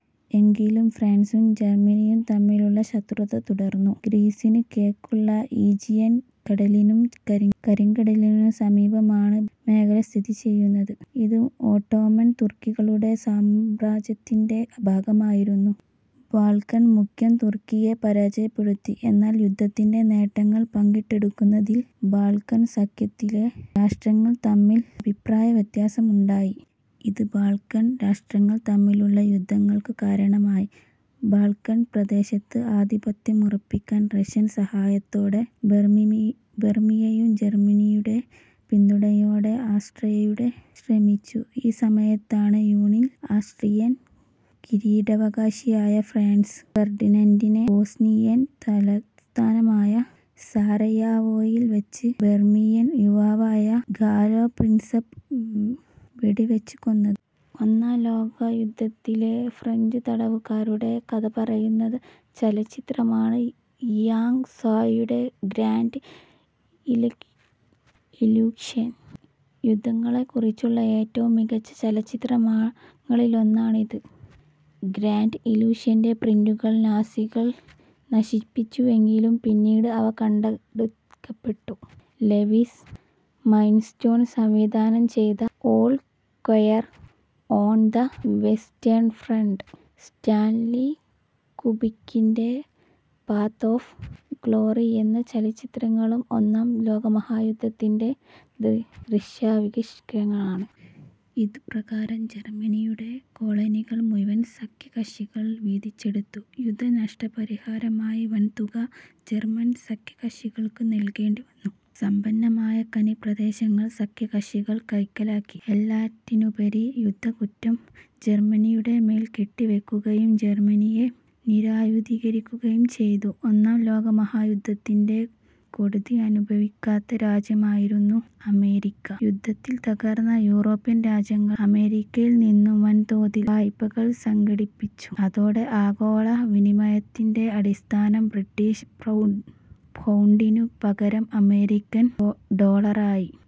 എങ്കിലും ഫ്രാൻസും ജർമനിയും തമ്മിലുള്ള ശത്രുത തുടർന്നു. ഗ്രീസിന് കിഴക്കുള്ള ഈജിയൻ കടലിനും കരിങ്കടലിനും സമീപമാണ് മേഖല സ്ഥിതിചെയ്യുന്നത്. ഇത് ഓട്ടോമൻ തുർക്കികളുടെ സാമ്രാജ്യത്തിന്റെ ഭാഗമായിരുന്നു. ബാൾക്കൺ സഖ്യം തുർക്കിയെ പരാജയപ്പെടുത്തി. എന്നാൽ യുദ്ധത്തിന്റെ നേട്ടങ്ങൾ പങ്കിട്ടെടുക്കുന്നതിൽ ബാൾക്കൻ സഖ്യത്തിലെ രാഷ്ട്രങ്ങൾ തമ്മിൽ അഭിപ്രായവ്യത്യാസം ഉണ്ടായി. ഇത് ബാൾക്കൺ രാഷ്ട്രങ്ങൾ തമ്മിലുള്ള യുദ്ധങ്ങൾക്കു കാരണമായി. ബാൾക്കൻ പ്രദേശത്ത് ആധിപത്യമുറപ്പിക്കാൻ റഷ്യൻ സഹായത്തോടെ സെർബിയയും ജർമനിയുടെ പിന്തുണയോടെ ആസ്ട്രിയയും ശ്രമിച്ചു. ഈ സമയത്താണ് ജൂണിൽ ആസ്ട്രിയൻ കിരീടാവകാശിയായ ഫ്രാൻസിസ് ഫെർഡിനന്റിനെ ബോസ്നിയൻ തലസ്ഥാനമായ സാരയാവോയിൽ വച്ച് സെർബിയൻ യുവാവായ ഗാലൊ പ്രിൻസപ്പ് വെടിവെച്ചു കൊന്നത്. ഒന്നാം ലോകയുദ്ധത്തിലെ ഫ്രഞ്ച് തടവുകാരുടെ കഥപറയുന്ന ചലച്ചിത്രമാണ് ഴാങ് സ്വായുടെ ഗ്രാൻഡ് ഇല്യൂഷൻ'. യുദ്ധങ്ങളെക്കുറിച്ചുള്ള ഏറ്റവും മികച്ച ചലച്ചിത്രങ്ങളിലൊന്നാണിത്. "ഗ്രാൻഡ് ഇല്യൂഷന്റെ പ്രിന്റുകൾ നാസികൾ നശിപ്പിച്ചുവെങ്കിലും പിന്നീട് അവ കണ്ടെടുക്കപ്പെട്ടു. ലെവിസ് മൈൻസ്റ്റോൺ സംവിധാനം ചെയ്ത "all quiet on the western front', Stanley കുബിക്കിന്റെ "പാത്ത് ഓഫ് ഗ്ലോറി' എന്നീ ചലച്ചിത്രങ്ങളും ഒന്നാം ലോക മഹായുദ്ധ ത്തിന്റെ ദൃശ്യാവിഷ്കാരങ്ങളാണ്. ഇതുപ്രകാരം ജർമനിയുടെ കോളനികൾ മുഴുവൻ സഖ്യകക്ഷികൾ വീതിച്ചെടുത്തു. യുദ്ധ നഷ്ട പരിഹാരമായി വൻ തുക ജർമനി സഖ്യ കക്ഷികൾക്ക് നൽകേണ്ടിവന്നു. സമ്പന്നമായ ഖനിപ്രദേശങ്ങൾ സഖ്യകക്ഷികൾ കൈക്കലാക്കി. എല്ലാറ്റിനുമുപരി യുദ്ധക്കുറ്റം ജർമനിയുടെമേൽ കെട്ടിവയ്ക്കുകയും ജർമനിയെ നിരായുധീകരിക്കുകയും ചെയ്തു. ഒന്നാം ലോകയുദ്ധത്തിന്റെ കെടുതി അനുഭവിക്കാത്ത രാജ്യമായിരുന്നു അമേരിക്ക. യുദ്ധത്തിൽ തകർന്ന യൂറോപ്യൻ രാജ്യങ്ങൾ അമേരിക്കയിൽനിന്നു വൻതോതിൽ വായ്പകൾ സംഘടിപ്പിച്ചു. അതോടെ ആഗോള വിനിമയത്തിന്റെ അടിസ്ഥാനം ബ്രിട്ടീഷ് പൗണ്ടിനു പകരം അമേരിക്കൻ ഡോളറായി